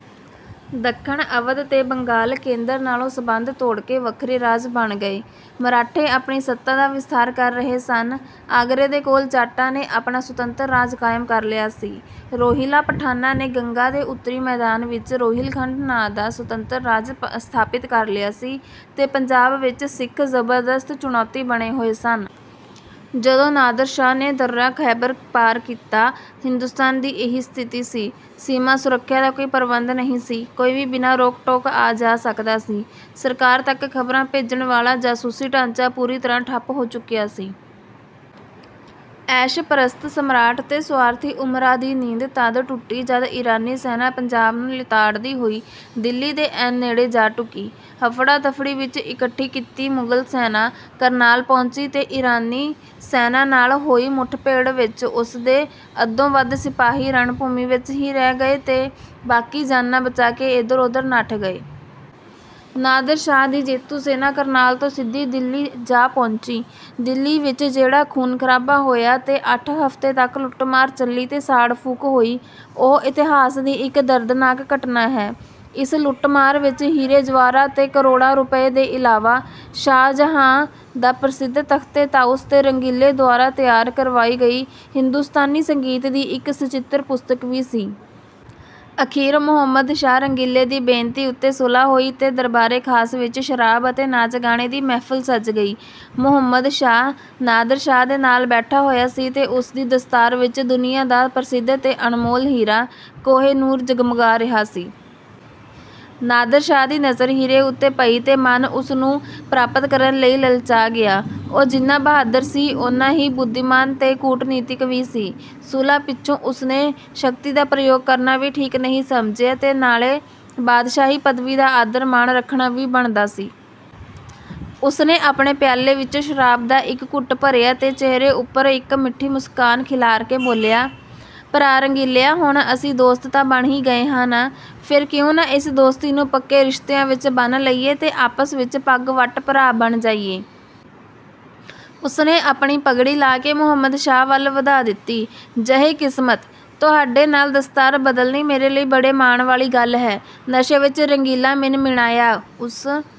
ਦੱਖਣ, ਅਵਧ ਤੇ ਬੰਗਾਲ, ਕੇਂਦਰ ਨਾਲੋਂ ਸੰਬੰਧ ਤੋੜ ਕੇ ਵੱਖਰੇ-ਰਾਜ ਬਣ ਗਏ। ਮਰਾਠੇ ਆਪਣੀ ਸੱਤਾ ਦਾ ਵਿਸਥਾਰ ਕਰ ਰਹੇ ਸਨ, ਆਗਰੇ ਦੇ ਕੋਲ ਜਾਟਾਂ ਨੇ ਆਪਣਾ ਸੁਤੰਤਰ-ਰਾਜ ਕਾਇਮ ਕਰ ਲਿਆ ਸੀ। ਰੋਹਿਲਾ ਪਠਾਨਾਂ ਨੇ ਗੰਗਾ ਦੇ ਉੱਤਰੀ ਮੈਦਾਨ ਵਿੱਚ ਰੋਹਿਲਖੰਡ ਨਾਂ ਦਾ ਸੁਤੰਤਰ-ਰਾਜ ਸਥਾਪਤ ਕਰ ਲਿਆ ਸੀ ਤੇ ਪੰਜਾਬ ਵਿੱਚ ਸਿੱਖ ਜ਼ਬਰਦਸਤ ਚੁਣੌਤੀ ਬਣੇ ਹੋਏ ਸਨ। ਜਦੋਂ ਨਾਦਰ ਸ਼ਾਹ ਨੇ ਦੱਰਾ ਖੈਬਰ ਪਾਰ ਕੀਤਾ, ਹਿੰਦੁਸਤਾਨ ਦੀ ਇਹ ਸਥਿਤੀ ਸੀ। ਸੀਮਾ-ਸੁਰੱਖਿਆ ਦਾ ਕੋਈ ਪ੍ਰਬੰਧ ਨਹੀਂ ਸੀ। ਕੋਈ ਵੀ ਬਿਨਾਂ ਰੋਕ-ਟੋਕ ਆ-ਜਾ ਸਕਦਾ ਸੀ। ਸਰਕਾਰ ਤੱਕ ਖਬਰਾਂ ਭੇਜਣ ਵਾਲਾ ਜਾਸੂਸੀ ਢਾਂਚਾ ਪੂਰੀ ਤਰ੍ਹਾਂ ਠੱਪ ਹੋ ਚੁੱਕਿਆ ਸੀ। ਐਸ਼-ਪ੍ਰਸਤ ਸਮਰਾਟ ਤੇ ਸੁਆਰਥੀ ਉਮਰਾ ਦੀ ਨੀਂਦ ਤਦ ਟੁੱਟੀ ਜਦ ਈਰਾਨੀ ਸੈਨਾ ਪੰਜਾਬ ਨੂੰ ਲਿਤਾੜਦੀ ਹੋਈ ਦਿੱਲੀ ਦੇ ਐਨ ਨੇੜੇ ਜਾ ਢੁੱਕੀ। ਹਫੜਾ-ਦਫੜੀ ਵਿੱਚ ਇਕੱਠੀ ਕੀਤੀ ਮੁਗਲ ਸੈਨਾ ਕਰਨਾਲ ਪਹੁੰਚੀ ਤੇ ਈਰਾਨੀ ਸੈਨਾ ਨਾਲ ਹੋਈ ਮੁੱਠ-ਭੇੜ ਵਿੱਚ ਉਸਦੇ ਅੱਧੋਂ ਵੱਧ ਸਿਪਾਹੀ ਰਣਭੂਮੀ ਵਿੱਚ ਹੀ ਰਹਿ ਗਏ ਤੇ ਬਾਕੀ ਜਾਨਾਂ ਬਚਾ ਕੇ ਏਧਰ-ਉਧਰ ਨੱਠ ਗਏ। ਨਾਦਰ ਸ਼ਾਹ ਦੀ ਜੇਤੂ ਸੈਨਾ ਕਰਨਾਲ ਤੋਂ ਸਿੱਧੀ ਦਿੱਲੀ ਜਾ ਪਹੁੰਚੀ। ਦਿੱਲੀ ਵਿੱਚ ਜਿਹੜਾ ਖੂਨ-ਖਰਾਬਾ ਹੋਇਆ ਤੇ ਅੱਠ ਹਫ਼ਤੇ ਤੱਕ ਲੁੱਟ-ਮਾਰ ਚੱਲੀ ਤੇ ਸਾੜ-ਫੂਕ ਹੋਈ, ਉਹ ਇਤਿਹਾਸ ਦੀ ਇੱਕ ਦਰਦਨਾਕ ਘਟਨਾ ਹੈ। ਇਸ ਲੁੱਟ-ਮਾਰ ਵਿੱਚ ਹੀਰੇ-ਜਵਾਹਰ ਤੇ ਕਰੋੜਾਂ ਰੁਪਏ ਦੇ ਇਲਾਵਾ ਸ਼ਾਹਜਹਾਂ ਦਾ ਪ੍ਰਸਿੱਧ ਤਖ਼ਤ-ਏ-ਤਾਊਸ ਤੇ ਰੰਗੀਲੇ ਦੁਆਰਾ ਤਿਆਰ ਕਰਵਾਈ ਗਈ ਹਿੰਦੁਸਤਾਨੀ ਸੰਗੀਤ ਦੀ ਇੱਕ ਸਚਿੱਤਰ ਪੁਸਤਕ ਵੀ ਸੀ। ਅਖੀਰ ਮੁਹੰਮਦ ਸ਼ਾਹ ਰੰਗੀਲੇ ਦੀ ਬੇਨਤੀ ਉੱਤੇ ਸੁਲ੍ਹਾ ਹੋਈ ਤੇ ਦਰਬਾਰ-ਏ-ਖਾਸ ਵਿੱਚ ਸ਼ਰਾਬ ਅਤੇ ਨਾਚ-ਗਾਣੇ ਦੀ ਮਹਿਫਲ ਸਜ ਗਈ। ਮੁਹੰਮਦ ਸ਼ਾਹ, ਨਾਦਰ ਸ਼ਾਹ ਦੇ ਨਾਲ ਬੈਠਾ ਹੋਇਆ ਸੀ ਤੇ ਉਸ ਦੀ ਦਸਤਾਰ ਵਿੱਚ ਦੁਨੀਆਂ ਦਾ ਪ੍ਰਸਿੱਧ ਤੇ ਅਣਮੋਲ ਹੀਰਾ 'ਕੋਹ-ਏ-ਨੂਰ' ਜਗਮਗਾ ਰਿਹਾ ਸੀ। ਨਾਦਰ ਸ਼ਾਹ ਦੀ ਨਜ਼ਰ ਹੀਰੇ ਉੱਤੇ ਪਈ ਤੇ ਮਨ ਉਸ ਨੂੰ ਪ੍ਰਾਪਤ ਕਰਨ ਲਈ ਲਲਚਾ ਗਿਆ। ਉਹ ਜਿੰਨਾ ਬਹਾਦਰ ਸੀ, ਉਨ੍ਹਾਂ ਹੀ ਬੁੱਧੀਮਾਨ ਤੇ ਕੂਟਨੀਤਕ ਵੀ ਸੀ। ਸੁਲ੍ਹਾ ਪਿੱਛੋਂ ਉਸਨੇ ਸ਼ਕਤੀ ਦਾ ਪ੍ਰਯੋਗ ਕਰਨਾ ਠੀਕ ਨਹੀਂ ਸਮਝਿਆ ਤੇ ਨਾਲੇ ਬਾਦਸ਼ਾਹੀ-ਪਦਵੀ ਦਾ ਆਦਰ-ਮਾਣ ਰੱਖਣਾ ਵੀ ਬਣਦਾ ਸੀ। ਉਸਨੇ ਆਪਣੇ ਪਿਆਲੇ ਵਿੱਚੋਂ ਸ਼ਰਾਬ ਦਾ ਇੱਕ ਘੁੱਟ ਭਰਿਆ ਤੇ ਚਿਹਰੇ ਉੱਪਰ ਇੱਕ ਮਿੱਠੀ ਮੁਸਕਾਨ ਖਿਲਾਰ ਕੇ ਬੋਲਿਆ, "ਭਰਾ ਰੰਗੀਲਿਆ, ਹੁਣ ਅਸੀਂ ਦੋਸਤ ਤਾਂ ਬਣ ਹੀ ਗਏ ਹਾਂ ਨਾ? ਫੇਰ ਕਿਉਂ ਨਾ ਇਸ ਦੋਸਤੀ ਨੂੰ ਪੱਕੇ ਰਿਸ਼ਤਿਆਂ ਵਿੱਚ ਬੰਨ੍ਹ ਲਈਏ ਤੇ ਆਪਸ ਵਿੱਚ ਪੱਗ-ਵੱਟ ਭਰਾ ਬਣ ਜਾਈਏ?" ਉਸਨੇ ਆਪਣੀ ਪਗੜੀ ਲਾਹ ਕੇ ਮੁਹੰਮਦ ਸ਼ਾਹ ਵੱਲ ਵਧਾ ਦਿੱਤੀ। "ਜਹੇ ਕਿਸਮਤ! ਤੁਹਾਡੇ ਨਾਲ ਦਸਤਾਰ ਬਦਲਣੀ ਮੇਰੇ ਲਈ ਬੜੇ ਮਾਣ ਵਾਲੀ ਗੱਲ ਹੈ।" ਨਸ਼ੇ ਵਿੱਚ ਰੰਗੀਲਾ ਮਿਨਮਿਣਾਇਆ। ਉਸ